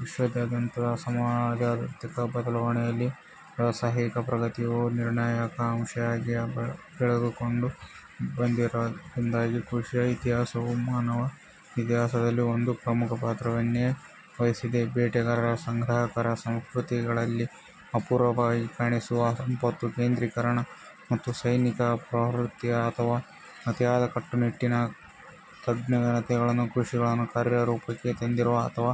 ವಿಶ್ವಾದ್ಯಂತದ ಸಮಾಜಾರ್ಥಿಕ ಬದಲಾವಣೆಯಲ್ಲಿ ವ್ಯಾವಸಾಯಿಕ ಪ್ರಗತಿಯು ನಿರ್ಣಾಯಕ ಅಂಶವಾಗಿಯೇ ಬೆಳೆದುಕೊಂಡು ಬಂದಿದ್ದರಿಂದಾಗಿ, ಕೃಷಿಯ ಇತಿಹಾಸವು ಮಾನವ ಇತಿಹಾಸದಲ್ಲಿ ಒಂದು ಪ್ರಮುಖ ಪಾತ್ರವನ್ನೇ ವಹಿಸಿದೆ. ಬೇಟೆಗಾರ-ಸಂಗ್ರಹಕಾರ ಸಂಸ್ಕೃತಿಗಳಲ್ಲಿ ಅಪರೂಪವಾಗಿ ಕಾಣಿಸುವ ಸಂಪತ್ತು -ಕೇಂದ್ರೀಕರಣ ಮತ್ತು ಸೈನಿಕ ಪ್ರವೃತ್ತಿಯ ಅಥವಾ ಅತಿಯಾದ ಕಟ್ಟುನಿಟ್ಟಿನ ತಜ್ಞತೆಗಳು, ಕೃಷಿಯನ್ನು ಕಾರ್ಯರೂಪಕ್ಕೆ ತಂದಿರುವ ಅಥವಾ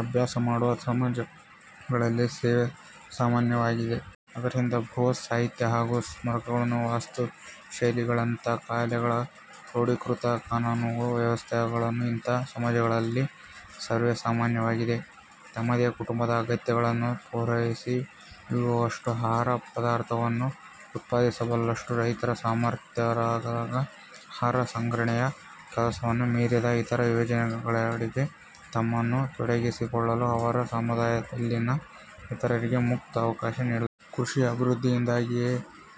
ಅಭ್ಯಾಸ ಮಾಡುವ ಸಮಾಜಗಳಲ್ಲಿ ಸವೇಸಾಮಾನ್ಯವಾಗಿವೆ. ಆದ್ದರಿಂದ, ಬೃಹತ್- ಸಾಹಿತ್ಯ ಹಾಗೂ ಸ್ಮಾರಕಗಳ ವಾಸ್ತುಶೈಲಿಗಳಂಥ ಕಲೆಗಳು, ಕ್ರೋಡೀಕೃತ ಕಾನೂನು ವ್ಯವಸ್ಥೆಗಳೂ ಇಂಥ ಸಮಾಜಗಳಲ್ಲಿ ಸರ್ವೇಸಾಮಾನ್ಯವಾಗಿವೆ. ತಮ್ಮದೇ ಕುಟುಂಬದ ಅಗತ್ಯಗಳನ್ನು ಪೂರೈಸಿ ಮಿಗುವಷ್ಟು ಆಹಾರ ಪದಾರ್ಥವನ್ನು ಉತ್ಪಾದಿಸಬಲ್ಲಷ್ಟು ರೈತರು ಸಮರ್ಥರಾದಾಗ, ಆಹಾರ ಸಂಗ್ರಹಣೆಯ ಕೆಲಸವನ್ನೂ ಮೀರಿದ ಇತರ ಯೋಜನೆಗಳೆಡೆಗೆ ತಮ್ಮನ್ನು ತೊಡಗಿಸಿಕೊಳ್ಳಲು ಅವರ ಸಮುದಾಯದಲ್ಲಿನ ಇತರರಿಗೆ ಮುಕ್ತ ಅವಕಾಶ ನೀಡಲಾಯಿತು. ಕೃಷಿಯ ಅಭಿವೃದ್ಧಿಯಿಂದಾಗಿಯೇ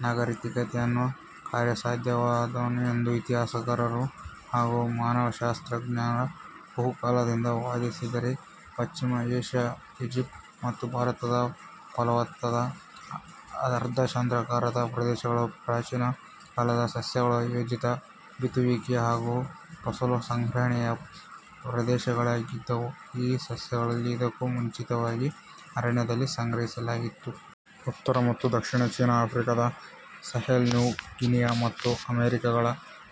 ನಾಗರಿಕತೆಗಳು ಕಾರ್ಯಸಾಧ್ಯವಾದವು ಎಂದು ಇತಿಹಾಸಕಾರರು ಹಾಗೂ ಮಾನವಶಾಸ್ತ್ರಜ್ಞರು ಬಹುಕಾಲದಿಂದ ವಾದಿಸಿದ್ದಾರೆ. ಪಶ್ಚಿಮ ಏಷ್ಯಾ, ಈಜಿಪ್ಟ್, ಮತ್ತು ಭಾರತದ ಫಲವತ್ತಾದ ಅರ್ಧಚಂದ್ರಾಕಾರದ ಪ್ರದೇಶಗಳು, ಪ್ರಾಚೀನ ಕಾಲದ ಸಸ್ಯಗಳ ಯೋಜಿತ ಬಿತ್ತುವಿಕೆ ಹಾಗೂ ಫಸಲು ಸಂಗ್ರಹಣೆಯ ಪ್ರದೇಶಗಳಾಗಿದ್ದವು. ಈ ಸಸ್ಯಗಳನ್ನು ಇದಕ್ಕೂ ಮುಂಚಿತವಾಗಿ ಅರಣ್ಯದಲ್ಲಿ ಸಂಗ್ರಹಿಸಲಾಗಿತ್ತು. ಉತ್ತರ ಮತ್ತು ದಕ್ಷಿಣ ಚೀನಾ, ಆಫ್ರಿಕಾದ ಸಹೆಲ್, ನ್ಯೂ ಗಿನಿಯಾ ಮತ್ತು ಅಮೆರಿಕಗಳ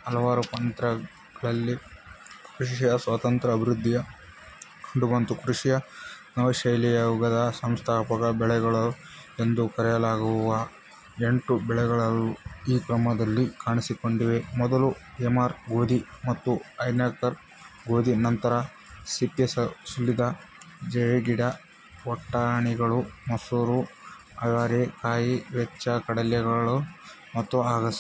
ಹಲವಾರು ಪ್ರಾಂತ್ಯಗಳಲ್ಲಿ ಕೃಷಿಯ ಸ್ವತಂತ್ರ ಅಭಿವೃದ್ಧಿಯು ಕಂಡುಬಂತು. ಕೃಷಿಯ ನವಶಿಲಾಯುಗದ ಸಂಸ್ಥಾಪಕ ಬೆಳೆಗಳು ಎಂದು ಕರೆಯಲಾಗುವ ಎಂಟು ಬೆಳೆಗಳು ಈ ಕ್ರಮದಲ್ಲಿ ಕಾಣಿಸಿಕೊಂಡಿವೆ: ಮೊದಲು ಎಮರ್ ಗೋಧಿ ಮತ್ತು ಐನ್ಕಾರ್ನ್ ಗೋಧಿ, ನಂತರ ಸಿಪ್ಪೆಸುಲಿದ ಜವೆಗಿಡ, ಬಟಾಣಿಗಳು, ಮಸೂರ ಅವರೆ, ಕಹಿ ವೆಚ್, ಕಡಲೆ ಗಳು ಮತ್ತು ಅಗಸೆ.